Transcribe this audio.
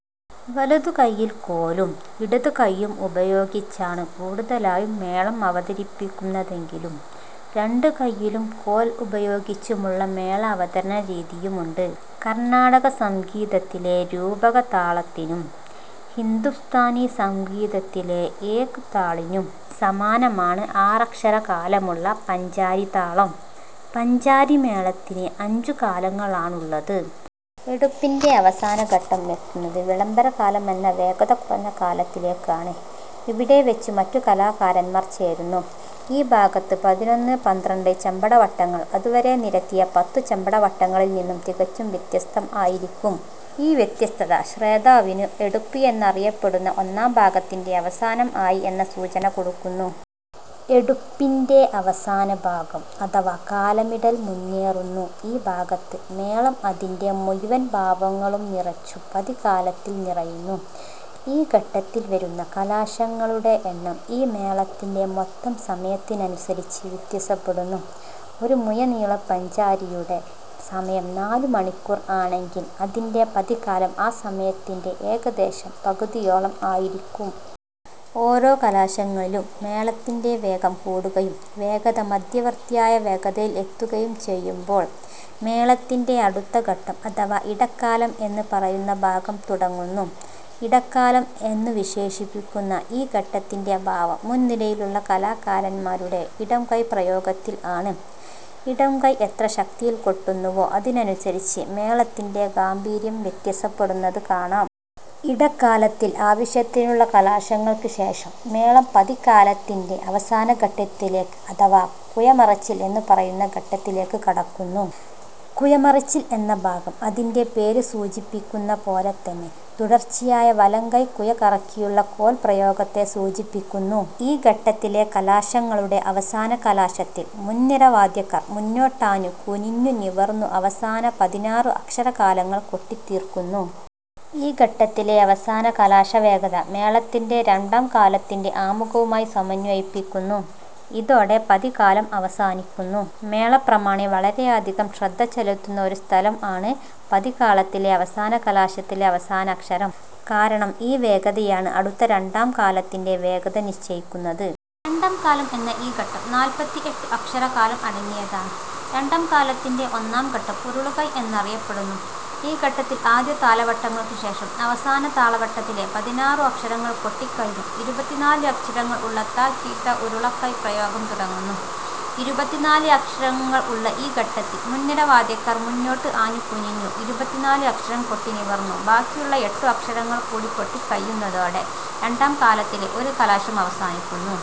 വലതു കൈയിൽ കോലും ഇടതു കൈയ്യും ഉപയോഗിച്ചാണ് കൂടുതലായും മേളം അവതരിപ്പിക്കുന്നതെങ്കിലും രണ്ടു കൈയിലും കോൽ ഉപയോഗിച്ചുമുള്ള മേള അവതരണരീതിയുമുണ്ട്. കർണ്ണാടകസംഗീതത്തിലെ രൂപകതാളത്തിനും ഹിന്ദുസ്ഥാനി സംഗീതത്തിലെ ' ഏക് താൾ 'നും സമാനമാണ് ആറക്ഷരകാലമുള്ള പഞ്ചാരി താളം. പഞ്ചാരി മേളത്തിന് അഞ്ചു കാലങ്ങൾ ആണ് ഉള്ളത്. എടുപ്പിന്റെ അവസാന ഘട്ടം എത്തുന്നത് വിളംബകാലം എന്ന വേഗത കുറഞ്ഞ കാലത്തിലേക്ക് ആണ്. ഇവിടെ വെച്ചു മറ്റു കലാകാരന്മാർ ചേരുന്നു. ഈ ഭാഗത്ത് പതിനൊന്ന് പന്ത്രണ്ട് ചെമ്പട വട്ടങ്ങൾ അതുവരെ നിരത്തിയ പത്തു ചെമ്പട വട്ടങ്ങളിൽ നിന്ന് തികച്ചും വ്യത്യസ്തം ആയിരിക്കും ഈ വ്യത്യസ്തത ശ്രോതാവിനു എടുപ്പ് എന്നറിയപ്പെടുന്ന ഒന്നാം ഭാഗത്തിന്റെ അവസാനം ആയി എന്ന സൂചന കൊടുക്കുന്നു. എടുപ്പിന്റെ അവസാനഭാഗം അഥവാ കാലമിടൽ മുന്നേറുന്നു ഈ ഭാഗത്ത് മേളം അതിന്റെ മുഴുവൻ ഭാവങ്ങളും നിറച്ചു പതികാലത്തിൽ നിറയുന്നു. ഈ ഘട്ടത്തിൽ വരുന്ന കലാശങ്ങളുടെ എണ്ണം ഈ മേളത്തിന്റെ മൊത്തം സമയത്തിനനുസരിച്ച് വ്യത്യസപെടുന്നു. ഒരു മുഴുനീള പാഞ്ചാരിയുടെ സമയം നാലു മണിക്കൂർ ആണെങ്കിൽ അതിന്റെ പതികാലം ആ സമയത്തിന്റെ ഏകദേശം പകുതിയോളം ആയിരിക്കും. ഓരോ കലാശങ്ങളിലും മേളത്തിന്റെ വേഗം കൂടുകയും വേഗത മധ്യവർത്തിയായ വേഗതയിൽ എത്തുകയും ചെയ്യുമ്പോൾ മേളത്തിന്റെ അടുത്ത ഘട്ടം അഥവാ ഇടകാലം എന്ന് പറയുന്ന ഭാഗം തുടങ്ങുന്നു ഇടകാലം എന്നു വിശേഷിപിക്കുന്ന ഈ ഘട്ടത്തിന്റെ ഭാവം മുൻ നിരയിലുള്ള കലാകാരന്മാരുടെ ഇടം കൈ പ്രയോഗത്തിൽ ആണ്. ഇടം കൈ എത്ര ശക്തിയിൽ കൊട്ടുന്നുവോ അതിനനുസരിച്ച് മേളത്തിന്റെ ഗാംഭീര്യം വ്യതസപെടുന്നത് കാണാം. ഇടകാലത്തിൽ ആവശ്യത്തിനുള്ള കലാശങ്ങൾക്ക് ശേഷം മേളം പതികാലതിന്റെ അവസാന ഘട്ടത്തിലേക്ക് അഥവാ കുഴമറിച്ചിൽ എന്ന് പറയുന്ന ഘട്ടത്തിലേക്ക് കടക്കുന്നു. കുഴമറിച്ചിൽ എന്ന ഈ ഭാഗം അതിന്റെ പേര് സൂചിപ്പിക്കുന്ന പോലെ തന്നെ തുടർച്ചയായ വലംകൈ കുഴ കറക്കിയുള്ള കോൽ പ്രയോഗത്തെ സൂചിപ്പിക്കുന്നു. ഈ ഘട്ടത്തിലെ കലാശങ്ങളുടെ അവസാന കലാശത്തിൽ മുൻനിര വാദ്യക്കാർ മുന്നോട്ടാഞ്ഞു കുനിഞ്ഞു നിവർന്നു അവസാന പതിനാറു അക്ഷരകാലങ്ങൾ കൊട്ടി തീർക്കുന്നു. ഈ ഘട്ടത്തിലെ അവസാന കലാശവേഗത മേളത്തിന്റെ രണ്ടാം കാലത്തിന്റെ ആമുഘവുമായി സമന്വയിപ്പിക്കുന്നു. ഇതോടെ പതികാലം അവസാനിക്കുന്നു. മേള പ്രമാണി വളരെയധികം ശ്രദ്ധ ചെലുത്തുന്ന ഒരു സ്ഥലം ആണ് പതികാളത്തിലെ അവസാന കലാശത്തിലെ അവസാന അക്ഷരം. കാരണം ഈ വേഗതയാണ് അടുത്ത രണ്ടാം കാലത്തിന്റെ വേഗത നിശ്ചയിക്കുന്നത്. രണ്ടാം കാലം എന്ന ഈ ഘട്ടം നാല്പതിഎട്ടു അക്ഷരകാലം അടങ്ങിയതാണ്. രണ്ടാം കാലത്തിന്റെ ഒന്നാം ഘട്ടം ഉരുളുകൈ എന്നറിയപ്പെടുന്നു. ഈ ഘട്ടത്തിൽ ആദ്യ താലവട്ടങ്ങൾക്ക് ശേഷം, അവസാന താളവട്ടത്തിലെ പതിനാറു അക്ഷരങ്ങൾ കൊട്ടിക്കഴിഞ്ഞു ഇരുപത്തിനാല് അക്ഷരങ്ങൾ ഉള്ള ത-കി-ട ഉരുളുകൈ പ്രയോഗം തുടങ്ങുന്നു. ഇരുപത്തിനാല് അക്ഷരങ്ങൾ ഉള്ള ഈ ഘട്ടത്തിൽ മുൻനിര വാദ്യക്കാർ മുന്നോട്ട് ആഞ്ഞു കുനിഞ്ഞു ഇരുപത്തിനാല് അക്ഷരം കൊട്ടി നിവർന്നു ബാക്കിയുള്ള എട്ടു അക്ഷരങ്ങൾ കൂടി കൊട്ടി കഴിയുന്നതോടെ രണ്ടാം കാലത്തിലെ ഒരു കലാശം അവസാനിക്കുന്നു.